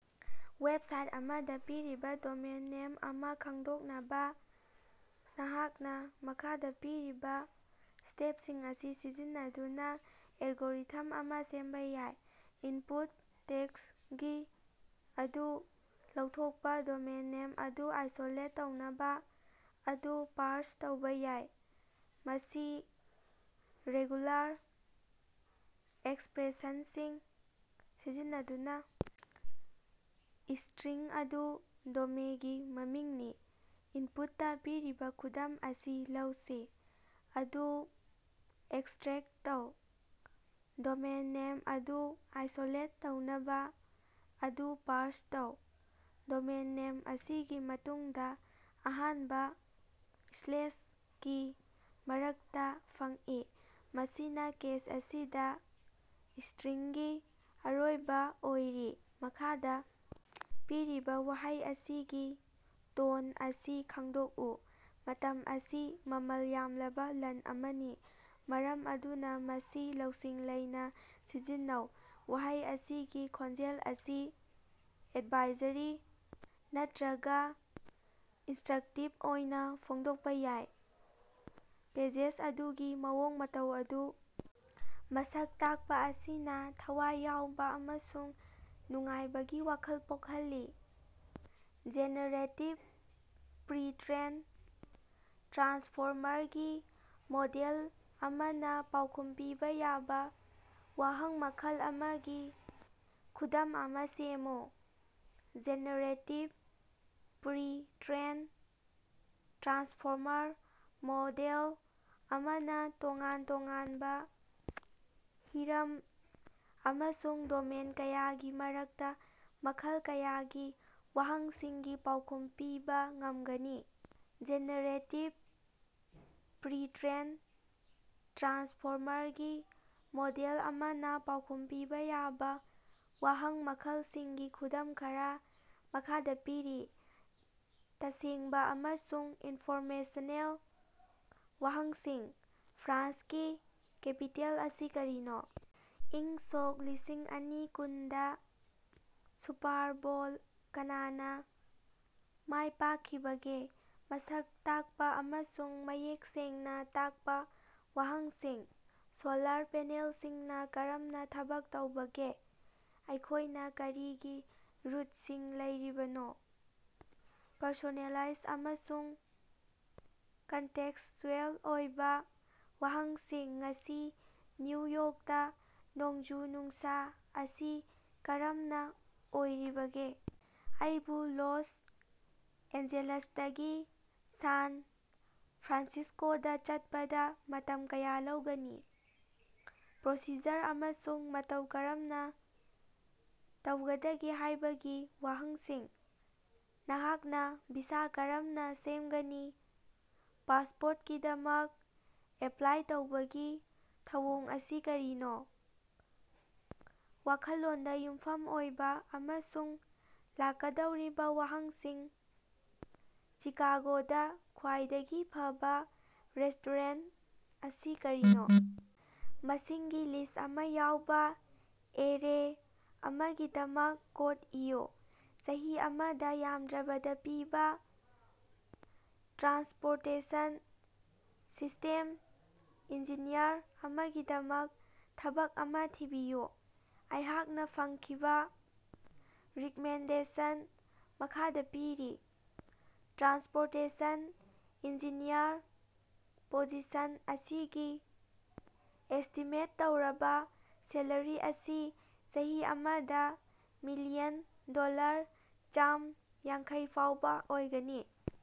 Website ꯑꯃꯗꯥ ꯄꯤꯔꯤꯕꯥ domain name ꯑꯃꯥ ꯈꯪꯗꯣꯛꯅꯕꯥ, ꯅꯍꯥꯛꯅꯥ ꯃꯈꯥꯗꯥ ꯄꯤꯔꯤꯕꯥ ꯁ꯭ꯇꯦꯞꯁꯤꯡ ꯑꯁꯤ ꯁꯤꯖꯤꯟꯅꯗꯨꯅꯥ ꯑꯦꯜꯒꯣꯔꯤꯊꯝ ꯑꯃꯥ ꯁꯦꯝꯕꯥ ꯌꯥꯏ꯫ꯏꯟꯄꯨꯠ ꯇꯦꯛꯁꯒꯤ ꯑꯗꯨ ꯂꯧꯊꯣꯛꯄꯥ ꯗꯣꯃꯦꯟ ꯅꯦꯝ ꯑꯗꯨ ꯑꯥꯏꯁꯣꯂꯦꯠ ꯇꯧꯅꯕꯥ ꯑꯗꯨ ꯄꯥꯔꯁ ꯇꯧꯕꯥ ꯌꯥꯏ꯫ ꯃꯁꯤ ꯔꯦꯒꯨꯂꯥꯔ ꯑꯦꯛꯁꯄ꯭ꯔꯦꯁꯟꯁꯤꯡ ꯁꯤꯖꯤꯟꯅꯗꯨꯅꯥ, ꯏꯁꯇ꯭ꯔꯤꯡ ꯑꯗꯨ ꯗꯣꯃꯦꯏꯒꯤ ꯃꯃꯤꯡꯅꯤ꯫ ꯏꯟꯄꯨꯠꯇꯥ ꯄꯤꯔꯤꯕꯥ ꯈꯨꯗꯝ ꯑꯁꯤ ꯂꯧꯁꯤ꯫ꯑꯗꯨ ꯑꯦꯛꯁꯇ꯭ꯔꯦꯛꯇ ꯇꯧ꯫ꯗꯣꯃꯦꯟ ꯅꯦꯝ ꯑꯗꯨ ꯑꯥꯏꯁꯣꯂꯦꯠ ꯇꯧꯅꯕꯥ ꯑꯗꯨ ꯄꯥꯔꯁ ꯇꯧ꯫ ꯗꯣꯃꯦꯟ ꯅꯦꯝ ꯑꯁꯤꯒꯤ ꯃꯇꯨꯡꯗꯥ ꯑꯍꯥꯟꯕ ꯁ꯭ꯂꯦꯁꯀꯤ ꯃꯔꯛꯇꯥ ꯐꯪꯏ, ꯃꯁꯤꯅꯥ ꯀꯦꯁ ꯑꯁꯤꯗꯥ ꯏꯁꯇ꯭ꯔꯤꯡꯒꯤ ꯑꯔꯣꯏꯕꯥ ꯑꯣꯏꯔꯤ꯫ ꯃꯈꯥꯗꯥ ꯄꯤꯔꯤꯕꯥ ꯋꯥꯍꯩ ꯑꯁꯤꯒꯤ ꯇꯣꯟ ꯑꯁꯤ ꯈꯪꯗꯣꯛꯎ꯫ ꯃꯇꯝ ꯑꯁꯤ ꯃꯃꯜ ꯌꯥꯝꯂꯕꯥ ꯂꯟ ꯑꯃꯅꯤ꯫ ꯃꯔꯝ ꯑꯗꯨꯅꯥ ꯃꯁꯤ ꯂꯧꯁꯤꯡ ꯂꯩꯅꯥ ꯁꯤꯖꯤꯟꯅꯧ꯫ ꯋꯥꯍꯩ ꯑꯁꯤꯒꯤ ꯈꯣꯟꯖꯦꯜ ꯑꯁꯤ ꯑꯦꯠꯚꯥꯏꯖꯔꯤ ꯅꯠꯇ꯭ꯔꯒꯥ ꯏꯟꯁꯇ꯭ꯔꯛꯇꯤꯕ ꯑꯣꯏꯅꯥ ꯐꯣꯡꯗꯣꯛꯄꯥ ꯌꯥꯏ꯫ ꯄꯦꯖꯦꯖ ꯑꯗꯨꯒꯤ ꯃꯑꯣꯡ ꯃꯇꯧ ꯑꯗꯨ ꯃꯁꯛ ꯇꯥꯛꯄꯥ ꯑꯁꯤꯅꯥ ꯊꯋꯥꯏ ꯌꯥꯎꯕꯥ ꯑꯃꯁꯨꯡ ꯅꯨꯡꯉꯥꯏꯕꯒꯤ ꯋꯥꯈꯜ ꯄꯣꯛꯍꯜꯂꯤ꯫ ꯖꯦꯅꯦꯔꯦꯇꯤꯞ ꯄ꯭ꯔꯤꯇ꯭ꯔꯦꯟ ꯇ꯭ꯔꯥꯟꯁꯐꯣꯔꯃꯔꯒꯤ ꯃꯣꯗꯦꯜ ꯑꯃꯅꯥ ꯄꯥꯎꯈꯨꯝ ꯄꯤꯕꯥ ꯌꯥꯕꯥ ꯋꯥꯍꯪ ꯃꯈꯜ ꯑꯃꯒꯤ ꯈꯨꯗꯝ ꯑꯃꯥ ꯁꯦꯝꯃꯨ꯫ ꯖꯦꯅꯦꯔꯦꯇꯤꯕ ꯄ꯭ꯔꯤ-ꯇ꯭ꯔꯦꯟ ꯇ꯭ꯔꯥꯟꯁꯐꯣꯔꯃꯔ ꯃꯣꯗꯦꯜ ꯑꯃꯅꯥ ꯇꯣꯉꯥꯟ ꯇꯣꯉꯥꯟꯕꯥ ꯍꯤꯔꯝ ꯑꯃꯁꯨꯡ ꯗꯣꯃꯦꯟ ꯀꯌꯥꯒꯤ ꯃꯔꯛꯇꯥ ꯃꯈꯜ ꯀꯌꯥꯒꯤ ꯋꯥꯍꯪꯁꯤꯡꯒꯤ ꯄꯥꯎꯈꯨꯝ ꯄꯤꯕꯥ ꯉꯝꯒꯅꯤ꯫ ꯖꯦꯅꯦꯔꯦꯇꯤꯞ ꯄ꯭ꯔꯤꯇ꯭ꯔꯦꯟ ꯇ꯭ꯔꯥꯟꯁꯐꯣꯔꯃꯔꯒꯤ ꯃꯣꯗꯦꯜ ꯑꯃꯅꯥ ꯄꯥꯎꯈꯨꯝ ꯄꯤꯕꯥ ꯌꯥꯕꯥ ꯋꯥꯍꯪ ꯃꯈꯜꯁꯤꯡꯒꯤ ꯈꯨꯗꯝ ꯈꯔꯥ ꯃꯈꯥꯗꯥ ꯄꯤꯔꯤ: ꯇꯁꯦꯡꯕꯥ ꯑꯃꯁꯨꯡ ꯏꯟꯐꯣꯔꯃꯦꯁꯟꯅꯦꯜ ꯋꯥꯍꯪꯁꯤꯡ: "ꯐ꯭ꯔꯥꯟꯁꯀꯤ ꯀꯦꯄꯤꯇꯦꯜ ꯑꯁꯤ ꯀꯔꯤꯅꯣ? ꯏꯪ ꯁꯣꯛ ꯂꯤꯁꯤꯡꯑꯅꯤ ꯀꯨꯟꯗꯥ ꯁꯨꯄꯥꯔ ꯕꯣꯜ ꯀꯅꯥꯅ ꯃꯥꯏꯄꯥꯛꯈꯤꯕꯒꯦ?" ꯃꯁꯛ ꯇꯥꯛꯄꯥ ꯑꯃꯁꯨꯡ ꯃꯌꯦꯛ ꯁꯦꯡꯅꯥ ꯇꯥꯛꯄꯥ ꯋꯥꯍꯪꯁꯤꯡ: "ꯁꯣꯂꯥꯔ ꯄꯦꯅꯦꯜꯁꯤꯡꯅꯥ ꯀꯔꯝꯅꯥ ꯊꯕꯛ ꯇꯧꯕꯒꯦ? " "ꯑꯩꯈꯣꯏꯅꯥ ꯀꯔꯤꯒꯤ ꯔꯨꯠꯁꯤꯡ ꯂꯩꯔꯤꯕꯅꯣ? " ꯄꯔꯁꯣꯅꯦꯂꯥꯏꯖ ꯑꯃꯁꯨꯡ ꯀꯟꯇꯦꯛꯁꯆꯨꯑꯦꯜ ꯑꯣꯏꯕꯥ ꯋꯥꯍꯪꯁꯤꯡ: "ꯉꯁꯤ ꯅ꯭ꯌꯨ ꯌꯣꯛꯇꯥ ꯅꯣꯡꯖꯨ-ꯅꯨꯡꯁꯥ ꯑꯁꯤ ꯀꯔꯝꯅꯥ ꯑꯣꯏꯔꯤꯕꯒꯦ? "ꯑꯩꯕꯨ ꯂꯣꯁ ꯑꯦꯟꯖꯦꯂꯁꯇꯒꯤ ꯁꯥꯟ ꯐ꯭ꯔꯥꯟꯁꯤꯁꯀꯣꯗꯥ ꯆꯠꯄꯗꯥ ꯃꯇꯝ ꯀꯌꯥ ꯂꯧꯒꯅꯤ? " ꯄ꯭ꯔꯣꯁꯤꯖꯔ ꯑꯃꯁꯨꯡ ꯃꯇꯧ ꯀꯔꯝꯅꯥ ꯇꯧꯒꯗꯒꯦ ꯍꯥꯏꯕꯒꯤ ꯋꯥꯍꯪꯁꯤꯡ: "ꯅꯍꯥꯛꯅꯥ ꯚꯤꯁꯥ ꯀꯔꯝꯅꯥ ꯁꯦꯃꯒꯅꯤ?" "ꯄꯥꯁꯄꯣꯔꯠꯀꯤꯗꯃꯛ ꯑꯦꯄ꯭ꯂꯥꯏ ꯇꯧꯕꯒꯤ ꯊꯧꯑꯣꯡ ꯑꯁꯤ ꯀꯔꯤꯅꯣ? " ꯋꯥꯈꯜꯂꯣꯟꯗꯥ ꯌꯨꯝꯐꯝ ꯑꯣꯏꯕꯥ ꯑꯃꯁꯨꯡ ꯂꯥꯛꯀꯗꯧꯔꯤꯕꯥ ꯋꯥꯍꯪꯁꯤꯡ: "ꯆꯤꯀꯥꯒꯣꯗꯥ ꯈ꯭ꯋꯥꯏꯗꯒꯤ ꯐꯕꯥ ꯔꯦꯁꯇꯣꯔꯦꯟꯇ ꯑꯁꯤ ꯀꯔꯤꯅꯣ? ꯃꯁꯤꯡꯒꯤ ꯂꯤꯁ ꯑꯃꯥ ꯌꯥꯎꯕꯥ ꯑꯦꯔꯦ ꯑꯃꯒꯤꯗꯃꯛ ꯀꯣꯠ ꯏꯌꯨ꯫ ꯆꯍꯤ ꯑꯃꯗꯥ ꯌꯥꯝꯗ꯭ꯔꯕꯗꯥ ꯄꯤꯕꯥ ꯇ꯭ꯔꯥꯟꯁꯄꯣꯔꯇꯦꯁꯟ ꯁꯤꯁꯇꯦꯝ ꯏꯟꯖꯤꯅꯤꯌꯔ ꯑꯃꯒꯤꯗꯃꯛ ꯊꯕꯛ ꯑꯃꯥ ꯊꯤꯕꯤꯌꯨ꯫ ꯑꯩꯍꯥꯛꯅꯥ ꯐꯪꯈꯤꯕꯥ ꯔꯤꯛꯃꯦꯟꯗꯦꯁꯟ ꯃꯈꯥꯗꯥ ꯄꯤꯔꯤ: ꯇ꯭ꯔꯥꯟꯁꯄꯣꯔꯇꯦꯁꯟ ꯏꯟꯖꯤꯅꯤꯌꯔ ꯄꯣꯖꯤꯁꯟ ,ꯑꯁꯤꯒꯤ ꯑꯦꯁꯇꯤꯃꯦꯠ ꯇꯧꯔꯕꯥ ꯁꯦꯂꯔꯤ ꯑꯁꯤ ꯆꯍꯤ ꯑꯃꯗꯥ ꯃꯤꯂꯤꯌꯟ ꯗꯣꯂꯔ ꯆꯥꯝ ꯌꯥꯡꯈꯩ ꯐꯥꯎꯕꯥ ꯑꯣꯏꯒꯅꯤ꯫